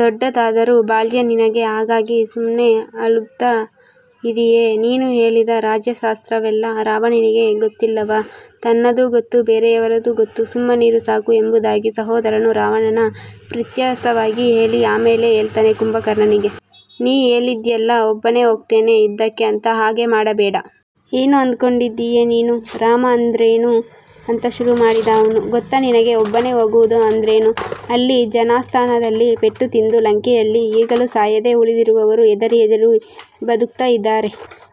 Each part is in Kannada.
ದೊಡ್ಡದಾದರೂ ಬಾಲ್ಯ ನಿನಗೆ. ಹಾಗಾಗಿ ಸುಮ್ನೆ ಹಲುಬ್ತಾ ಇದೀಯೆ. ನೀನು ಹೇಳಿದ ರಾಜ್ಯಶಾಸ್ತ್ರವೆಲ್ಲ ರಾವಣನಿಗೆ ಗೊತ್ತಿಲ್ಲವಾ? ತನ್ನದೂ ಗೊತ್ತು, ಬೇರೆಯವರದೂ ಗೊತ್ತು. ಸುಮ್ಮನಿರು ಸಾಕು ಎಂಬುದಾಗಿ ಸಹೋದರನು ರಾವಣನ ಪ್ರೀತ್ಯರ್ಥವಾಗಿ ಹೇಳಿ ಆಮೇಲೆ ಹೇಳ್ತಾನೆ ಕುಂಭಕರ್ಣನಿಗೆ. ನೀ ಹೇಳಿದ್ಯಲ್ಲ ಒಬ್ಬನೇ ಹೋಗ್ತೇನೆ ಯುದ್ಧಕ್ಕೆ ಅಂತ ಹಾಗೆ ಮಾಡಬೇಡ. ಏನು ಅಂದ್ಕೊಂಡಿದೀಯೆ ನೀನು? ರಾಮ ಅಂದ್ರೇನು ಅಂತ ಶುರುಮಾಡಿದ ಅವ್ನು. ಗೊತ್ತಾ ನಿನಗೆ ಒಬ್ಬನೇ ಹೋಗುವುದು ಅಂದ್ರೇನು. ಅಲ್ಲಿ ಜನಸ್ಥಾನದಲ್ಲಿ ಪೆಟ್ಟು ತಿಂದು ಲಂಕೆಯಲ್ಲಿ ಈಗಲೂ ಸಾಯದೇ ಉಳಿದಿರುವವರು ಹೆದರಿ ಹೆದರಿ ಬದುಕ್ತಾ ಇದಾರೆ.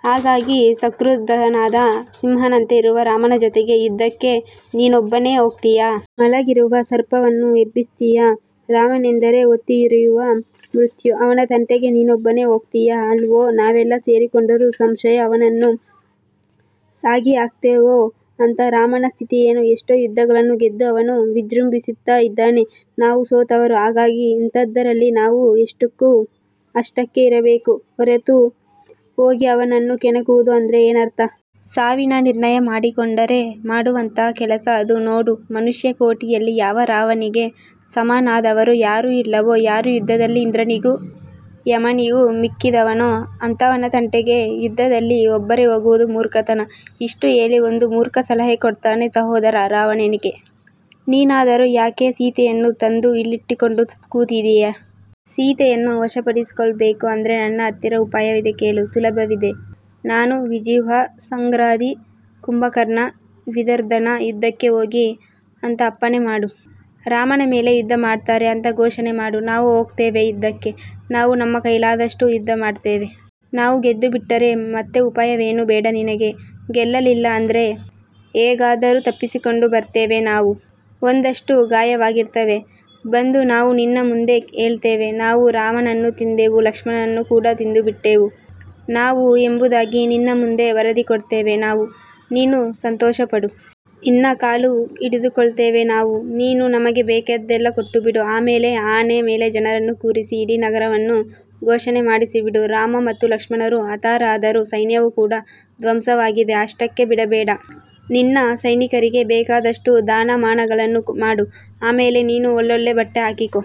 ಹಾಗಾಗಿ ಸಂಕ್ರುದ್ಧನಾದ ಸಿಂಹನಂತೆ ಇರುವ ರಾಮನ ಜೊತೆಗೆ ಯುದ್ಧಕ್ಕೆ ನೀನೊಬ್ಬನೇ ಹೋಗ್ತೀಯ. ಮಲಗಿರುವ ಸರ್ಪವನ್ನು ಎಬ್ಬಿಸ್ತೀಯಾ ರಾಮನೆಂದರೆ ಹೊತ್ತಿಯುರಿಯುವ ಮೃತ್ಯು. ಅವನ ತಂಟೆಗೆ ನೀನೊಬ್ಬನೇ ಹೋಗ್ತೀಯಾ ಅಲ್ವೋ, ನಾವೆಲ್ಲಾ ಸೇರಿಕೊಂಡರೂ ಸಂಶಯ ಅವನನ್ನು ಸಾಗಿಹಾಕ್ತೇವೋ ಅಂತ. ರಾಮನ ಸ್ಥಿತಿಯೇನು ಎಷ್ಟೋ ಯುದ್ಧಗಳನ್ನು ಗೆದ್ದು ಅವನು ವಿಜೃಂಭಿಸ್ತಾ ಇದ್ದಾನೆ. ನಾವು ಸೋತವರು. ಹಾಗಾಗಿ ಇಂಥದ್ದರಲ್ಲಿ ನಾವು ಎಷ್ಟುಕ್ಕೋ ಅಷ್ಟಕ್ಕೆ ಇರಬೇಕು ಹೊರತು ಹೋಗಿ ಅವನನ್ನು ಕೆಣಕುವುದು ಅಂದ್ರೆ ಏನರ್ಥ. ಸಾವಿನ ನಿರ್ಣಯ ಮಾಡಿಕೊಂಡರೆ ಮಾಡುವಂಥ ಕೆಲಸ ಅದು. ನೋಡು ಮನುಷ್ಯಕೋಟಿಯಲ್ಲಿ ಯಾವ ರಾವನಿಗೆ ಸಮನಾದವರು ಯಾರೂ ಇಲ್ಲವೋ, ಯಾರು ಯುದ್ಧದಲ್ಲಿ ಇಂದ್ರನಿಗೂ, ಯಮನಿಗೂ ಮಿಕ್ಕಿದವನೋ ಅಂಥವನ ತಂಟೆಗೆ ಯುದ್ಧದಲ್ಲಿ ಒಬ್ಬರೇ ಹೋಗುವುದು ಮೂರ್ಖತನ. ಇಷ್ಟು ಹೇಳಿ ಒಂದು ಮೂರ್ಖ ಸಲಹೆ ಕೊಡ್ತಾನೆ ಮಹೋದರ ರಾವಣನಿಗೆ. ನೀನಾದರೂ ಯಾಕೆ ಸೀತೆಯನ್ನು ತಂದು ಇಲ್ಲಿಟ್ಟುಕೊಂಡು ಕೂತಿದೀಯೆ? ಸೀತೆಯನ್ನು ವಶಪಡಿಸಿಕೊಳ್ಬೇಕು ಅಂದ್ರೆ ನನ್ನ ಹತ್ತಿರ ಉಪಾಯವಿದೆ. ಕೇಳು. ಸುಲಭವಿದೆ. ನಾನು, ವಿಜಿಹ್ವ, ಸಂಘ್ರಾದಿ, ಕುಂಭಕರ್ಣ, ವಿದರ್ಧನ ಯುದ್ಧಕ್ಕೆ ಹೋಗಿ ಅಂತ ಅಪ್ಪಣೆ ಮಾಡು. ರಾಮನ ಮೇಲೆ ಯುದ್ಧ ಮಾಡ್ತಾರೆ ಅಂತ ಘೋಷಣೆ ಮಾಡು. ನಾವು ಹೋಗ್ತೇವೆ ಯುದ್ಧಕ್ಕೆ. ನಾವು ನಮ್ಮ ಕೈಲಾದಷ್ಟು ಯುದ್ಧ ಮಾಡ್ತೇವೆ. ನಾವು ಗೆದ್ದುಬಿಟ್ಟರೆ ಮತ್ತೆ ಉಪಾಯವೇನೂ ಬೇಡ ನಿನಗೆ. ಗೆಲ್ಲಲಿಲ್ಲ ಅಂದ್ರೆ ಹೇಗಾದರೂ ತಪ್ಪಿಸಿಕೊಂಡು ಬರ್ತೇವೆ ನಾವು. ಒಂದಷ್ಟು ಗಾಯವಾಗಿರ್ತದೆ. ಬಂದು ನಾವು ನಿನ್ನ ಮುಂದೆ ಹೇಳ್ತೇವೆ. ನಾವು ರಾಮನನ್ನು ತಿಂದೆವು. ಲಕ್ಷ್ಮಣನನ್ನೂ ಕೂಡ ತಿಂದುಬಿಟ್ಟೆವು ನಾವು ಎಂಬುದಾಗಿ ನಿನ್ನ ಮುಂದೆ ವರದಿ ಕೊಡ್ತೇವೆ ನಾವು. ನೀನು ಸಂತೋಷಪಡು. ನಿನ್ನ ಕಾಲು ಹಿಡಿದುಕೊಳ್ತೇವೆ ನಾವು. ನೀನು ನಮಗೆ ಬೇಕಾದ್ದೆಲ್ಲ ಕೊಟ್ಟುಬಿಡು. ಆಮೇಲೆ ಆನೆ ಮೇಲೆ ಜನರನ್ನು ಕೂರಿಸಿ ಇಡೀ ನಗರವನ್ನು ಘೋಷಣೆ ಮಾಡಿಸಿಬಿಡು. ರಾಮ ಮತ್ತು ಲಕ್ಷ್ಮಣರು ಹತರಾದರು ಸೈನ್ಯವೂ ಕೂಡ ಧ್ವಂಸವಾಗಿದೆ. ಅಷ್ಟಕ್ಕೇ ಬಿಡಬೇಡ. ನಿನ್ನ ಸೈನಿಕರಿಗೆ ಬೇಕಾದಷ್ಟು ದಾನಮಾನಗಳನ್ನು ಮಾಡು. ಆಮೇಲೆ ನೀನು ಒಳ್ಳೊಳ್ಳೆ ಬಟ್ಟೆ ಹಾಕಿಕೋ.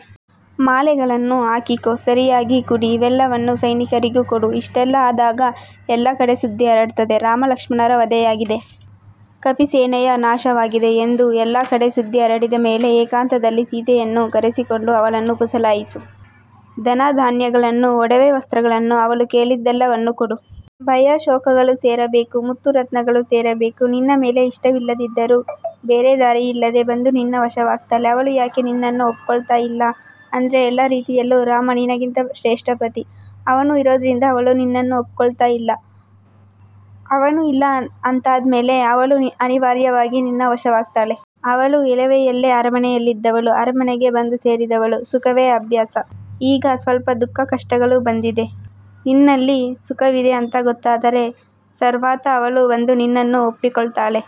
ಮಾಲೆಗಳನ್ನು ಹಾಕಿಕೋ. ಸರಿಯಾಗಿ ಕುಡಿ. ಇವೆಲ್ಲವನ್ನೂ ಸೈನಿಕರಿಗೂ ಕೊಡು. ಇಷ್ಟೆಲ್ಲ ಆದಾಗ ಎಲ್ಲ ಕಡೆ ಸುದ್ದಿ ಹರಡ್ತದೆ. ರಾಮ-ಲಕ್ಷ್ಮಣರ ವಧೆಯಾಗಿದೆ. ಕಪಿಸೇನೆಯ ನಾಶವಾಗಿದೆ ಎಂದು ಎಲ್ಲಾ ಕಡೆ ಸುದ್ದಿ ಹರಡಿದ ಮೇಲೆ ಏಕಾಂತದಲ್ಲಿ ಸೀತೆಯನ್ನು ಕರೆಸಿಕೊಂಡು ಅವಳನ್ನು ಪುಸಲಾಯಿಸು. ಧನಧಾನ್ಯಗಳನ್ನು, ಒಡವೆ ವಸ್ತ್ರಗಳನ್ನು, ಅವಳು ಕೇಳಿದ್ದೆಲ್ಲವನ್ನೂ ಕೊಡು. ಭಯ-ಶೋಕಗಳೂ ಸೇರಬೇಕು. ಮುತ್ತು-ರತ್ನಗಳೂ ಸೇರಬೇಕು. ನಿನ್ನ ಮೇಲೆ ಇಷ್ಟವಿಲ್ಲದಿದ್ದರೂ ಬೇರೆ ದಾರಿಯಿಲ್ಲದೇ ಬಂದು ನಿನ್ನ ವಶವಾಗ್ತಾಳೆ. ಅವಳು ಯಾಕೆ ನಿನ್ನನ್ನ ಒಪ್ಕೊಳ್ತಾ ಇಲ್ಲ ಅಂದ್ರೆ ಎಲ್ಲಾ ರೀತಿಯಲ್ಲೂ ರಾಮ ನಿನಗಿಂತ ಶ್ರೇಷ್ಠ ಪತಿ. ಅವನು ಇರೋದ್ರಿಂದ ಅವಳು ನಿನನ್ನ ಒಪ್ಕೊಳ್ತಾ ಇಲ್ಲ. ಅವನು ಇಲ್ಲ ಅಂತಾದ್ಮೇಲೆ ಅವಳು ಅನಿವಾರ್ಯವಾಗಿ ನಿನ್ನ ವಶವಾಗ್ತಾಳೆ. ಅವಳು ಎಳವೆಯಲ್ಲೇ ಅರಮನೆಯಲ್ಲಿದ್ದವಳು, ಅರಮನೆಗೇ ಬಂದು ಸೇರಿದವಳು. ಸುಖವೇ ಅಭ್ಯಾಸ. ಈಗ ಸ್ವಲ್ಪ ದುಃಖ, ಕಷ್ಟಗಳು ಬಂದಿದೆ. ನಿನ್ನಲ್ಲಿ ಸುಖವಿದೆ ಅಂತ ಗೊತ್ತಾದರೆ ಸರ್ವಥಾ ಅವಳು ಬಂದು ನಿನ್ನನ್ನು ಒಪ್ಪಿಕೊಳ್ತಾಳೆ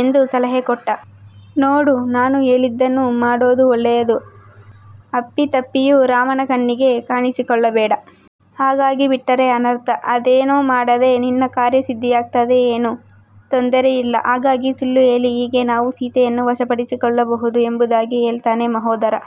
ಎಂದು ಸಲಹೆ ಕೊಟ್ಟ. ನೋಡು ನಾನು ಹೇಳಿದ್ದನ್ನು ಮಾಡೋದು ಒಳ್ಳೆಯದು. ಅಪ್ಪಿತಪ್ಪಿಯೂ ರಾಮನ ಕಣ್ಣಿಗೆ ಕಾಣಿಸಿಕೊಳ್ಳಬೇಡ. ಹಾಗಾಗಿಬಿಟ್ಟರೆ ಅನರ್ಥ. ಅದೇನೂ ಮಾಡದೆ ನಿನ್ನ ಕಾರ್ಯಸಿದ್ಧಿಯಾಗ್ತದೆ. ಏನೂ ತೊಂದರೆಯಿಲ್ಲ. ಹಾಗಾಗಿ ಸುಳ್ಳುಹೇಳಿ ಹೀಗೆ ನಾವು ಸೀತೆಯನ್ನು ವಶಪಡಿಸಿಕೊಳ್ಳಬಹುದು ಎಂಬುದಾಗಿ ಹೇಳ್ತಾನೆ ಮಹೋದರ.